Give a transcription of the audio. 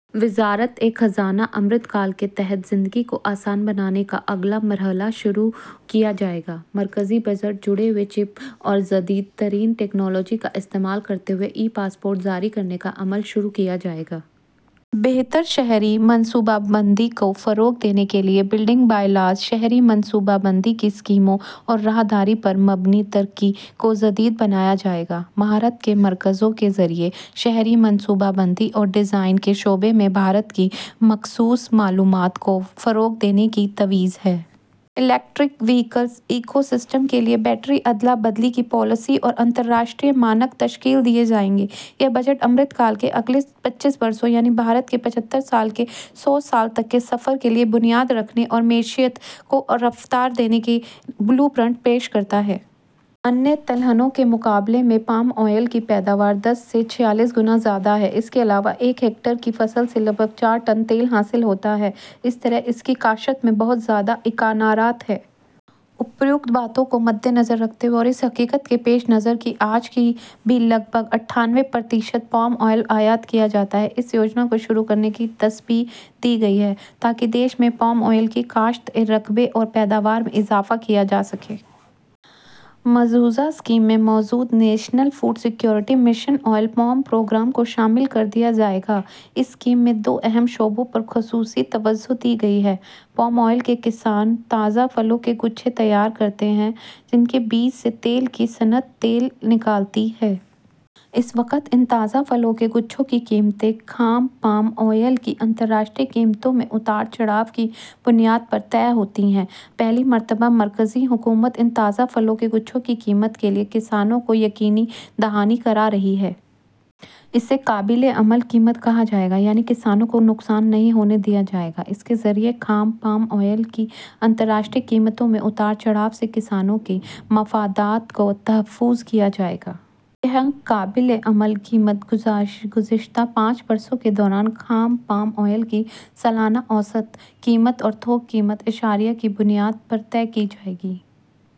وزارتِ خزانہ امرت کال کے تحت زندگی کو آسان بنانے کا اگلا مرحلہ شروع کیا جائے گا: مرکزی بجٹ جڑے ہوئے چِپ اور جدید ترین ٹیکنالوجی کا استعمال کرتے ہوئے ای پاسپورٹ جاری کرنے کا عمل شروع کیا جائے گا۔ بہتر شہری منصوبہ بندی کو فروغ دینے کے لیے بلڈنگ بائی لاز، شہری منصوبہ بندی کی اسکیموں اور راہداری پر مبنی ترقی کو جدید بنایا جائے گا۔ مہارت کے مراکز کے ذریعے شہری منصوبہ بندی اور ڈیزائن کے شعبے میں بھارت کی مخصوص معلومات کو فروغ دینے کی تجویز ہے۔ الیکٹرک وہیکل ایکو سسٹم کے لیے بیٹری ادلا بدلی کی پالیسی اور بین الاقوامی معیارات تشکیل دیے جائیں گے۔ یہ بجٹ امرت کال کے اگلے پچیس برسوں، یعنی بھارت کے پچہتر سال سے سو سال تک کے سفر کے لیے بنیاد رکھنے اور معیشت کو رفتار دینے کا بلیو پرنٹ پیش کرتا ہے۔ دیگر تلہنوں کے مقابلے میں پام آئل کی پیداوار دس سے چھیالیس گنا زیادہ ہے۔ اس کے علاوہ ایک ہیکٹر کی فصل سے تقریباً چار ٹن تیل حاصل ہوتا ہے۔ اس طرح اس کی کاشت میں بہت زیادہ امکانات ہیں۔ مذکورہ بالا باتوں کو مدنظر رکھتے ہوئے اور اس حقیقت کے پیش نظر کہ آج بھی تقریباً اٹھانوے فیصد پام آئل درآمد کیا جاتا ہے، اس اسکیم کو شروع کرنے کی تجویز دی گئی ہے، تاکہ ملک میں پام آئل کی کاشت کے رقبے اور پیداوار میں اضافہ کیا جا سکے۔ مجوزہ اسکیم میں موجودہ national food security mission oil palm programme کو شامل کر دیا جائے گا۔ اس اسکیم میں دو اہم شعبوں پر خصوصی توجہ دی گئی ہے۔ پام آئل کے کسان تازہ پھلوں کے گچھے تیار کرتے ہیں، جن کے بیج سے تیل کی صنعت تیل نکالتی ہے۔ اس وقت ان تازہ پھلوں کے گچھوں کی قیمتیں خام پام آئل کی بین الاقوامی قیمتوں میں اتار چڑھاؤ کی بنیاد پر طے ہوتی ہیں۔ پہلی مرتبہ مرکزی حکومت ان تازہ پھلوں کے گچھوں کی قیمت کے لیے کسانوں کو یقین دہانی کرا رہی ہے۔ اسے قابلِ عمل قیمت کہا جائے گا، یعنی کسانوں کو نقصان نہیں ہونے دیا جائے گا۔ اس کے ذریعے خام پام آئل کی بین الاقوامی قیمتوں میں اتار چڑھاؤ سے کسانوں کے مفادات کا تحفظ کیا جائے گا۔ یہ قابلِ عمل قیمت گزشتہ پانچ برسوں کے دوران خام پام آئل کی سالانہ اوسط قیمت اور تھوک قیمت اشاریہ کی بنیاد پر طے کی جائے گی۔